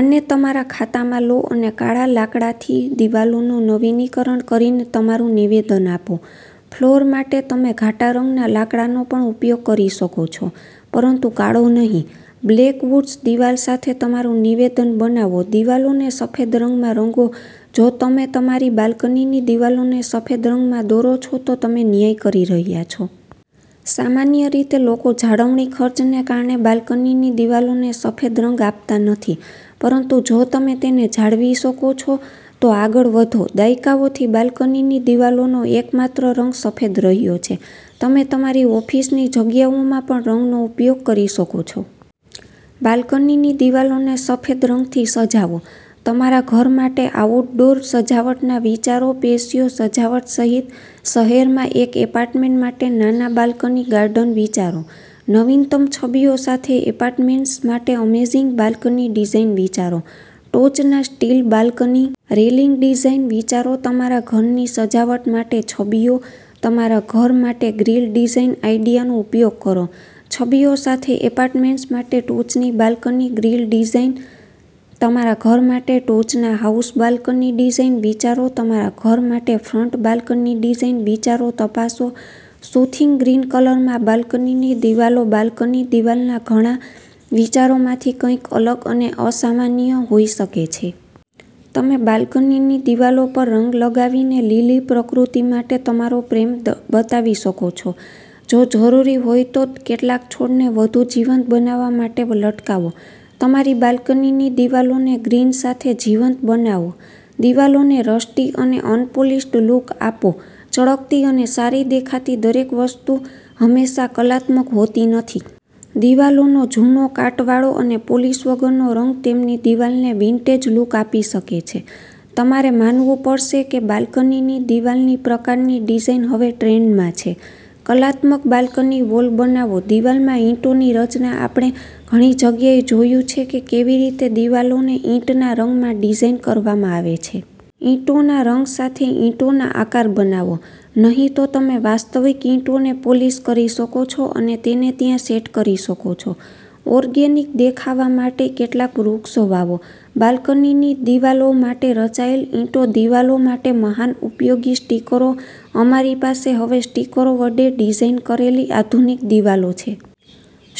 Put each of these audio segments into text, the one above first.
આને તમારા ખાતામાં લો અને કાળા લાકડાથી દિવાલોનું નવીનીકરણ કરીને તમારું નિવેદન આપો. ફ્લોર માટે, તમે ઘાટા રંગના લાકડાનો પણ ઉપયોગ કરી શકો છો, પરંતુ કાળો નહીં. બ્લેક વૂડ્સ દિવાલ સાથે તમારું નિવેદન બનાવો દિવાલોને સફેદ રંગમાં રંગો જો તમે તમારી બાલ્કનીની દિવાલોને સફેદ રંગમાં દોરો છો, તો તમે ન્યાય કરી રહ્યાં છો. સામાન્ય રીતે, લોકો જાળવણી ખર્ચને કારણે બાલ્કનીની દિવાલોને સફેદ રંગ આપતા નથી, પરંતુ જો તમે તેને જાળવી શકો છો, તો આગળ વધો. દાયકાઓથી બાલ્કનીની દિવાલોનો એકમાત્ર રંગ સફેદ રહ્યો છે. તમે તમારી ઓફિસની જગ્યાઓમાં પણરંગનો ઉપયોગ કરી શકો છો. બાલ્કનીની દિવાલોને સફેદ રંગથી સજાવો તમારા ઘર માટે આઉટડોર સજાવટના વિચારોપેશિયો સજાવટ સહિત, શહેરમાં એક એપાર્ટમેન્ટ માટે નાના બાલ્કની ગાર્ડન વિચારો, નવીનતમ છબીઓ સાથે એપાર્ટમેન્ટ્સ માટે અમેઝિંગ બાલ્કની ડિઝાઇન વિચારો, ટોચના સ્ટીલ બાલ્કની રેલિંગ ડિઝાઇન વિચારોતમારા ઘરની સજાવટ માટે છબીઓ, તમારા ઘર માટેગ્રીલ ડિઝાઇન આઇડિયાનો ઉપયોગ કરો, છબીઓ સાથે એપાર્ટમેન્ટ્સ માટે ટોચની બાલ્કની ગ્રીલ ડિઝાઇન, તમારા ઘર માટે ટોચના હાઉસ બાલ્કની ડિઝાઇન વિચારો, તમારા ઘર માટેફ્રન્ટ બાલ્કની ડિઝાઇન વિચારો તપાસો, સુથિંગ ગ્રીન કલરમાં બાલ્કનીની દિવાલો બાલ્કની દિવાલના ઘણા વિચારોમાંથીકંઈક અલગ અને અસામાન્ય હોઈ શકે છે. તમે બાલ્કનીની દિવાલો પરરંગ લગાવીને લીલી પ્રકૃતિ માટે તમારો પ્રેમ બતાવી શકો છો. જો જરૂરી હોય તો કેટલાક છોડને વધુ જીવંત બનાવવા માટે લટકાવો. તમારી બાલ્કનીની દિવાલોને ગ્રીન સાથે જીવંત બનાવો દિવાલોને રસ્ટી અને અનપોલિશ્ડ લુક આપો ચળકતી અને સારી દેખાતી દરેક વસ્તુ હંમેશા કલાત્મક હોતી નથી. દિવાલોનો જૂનો કાટવાળો અને પોલીશ વગરનો રંગ તેમની દિવાલને વિન્ટેજ લુક આપી શકે છે. તમારે માનવું પડશે કે બાલ્કનીની દિવાલનીપ્રકારની ડિઝાઇન હવે ટ્રેન્ડમાં છે. કલાત્મક બાલ્કની વોલ બનાવો દિવાલમાં ઇંટોની રચના આપણે ઘણી જગ્યાએ જોયું છે કે કેવી રીતે દિવાલોને ઈંટના રંગમાં ડિઝાઇન કરવામાં આવે છે. ઇંટોના રંગ સાથે ઇંટોનો આકાર બનાવો, નહીં તો તમે વાસ્તવિક ઇંટોને પોલિશ કરી શકો છો અને તેને ત્યાં સેટ કરી શકો છો. ઓર્ગેનિક દેખાવા માટે કેટલાક વૃક્ષો વાવો. બાલ્કનીની દિવાલો માટે રચાયેલ ઇંટો દિવાલો માટે મહાન ઉપયોગી સ્ટીકરો અમારી પાસે હવે સ્ટીકરો વડે ડિઝાઇન કરેલી આધુનિક દિવાલો છે.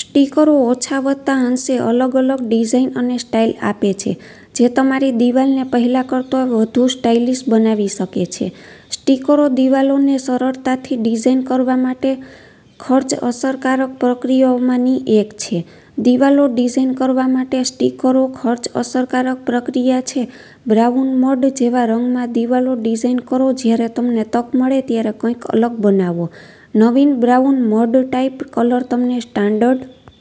સ્ટીકરો ઓછાવત્તા અંશે અલગ અલગ ડિઝાઈન અને સ્ટાઈલ આપે છે, જે તમારી દિવાલને પહેલા કરતા વધુ સ્ટાઇલિશ બનાવી શકે છે. સ્ટીકરોદિવાલોને સરળતાથી ડિઝાઇન કરવા માટે ખર્ચ-અસરકારક પ્રક્રિયાઓમાંની એક છે. દિવાલો ડિઝાઇન કરવા માટે સ્ટીકરો ખર્ચ-અસરકારક પ્રક્રિયા છે બ્રાઉન મડ-જેવા રંગમાં દિવાલો ડિઝાઇન કરો જ્યારે તમને તક મળે ત્યારે કંઈક અલગ બનાવો. નવીન બ્રાઉન મડ-ટાઈપ કલર તમને સ્ટાન્ડર્ડ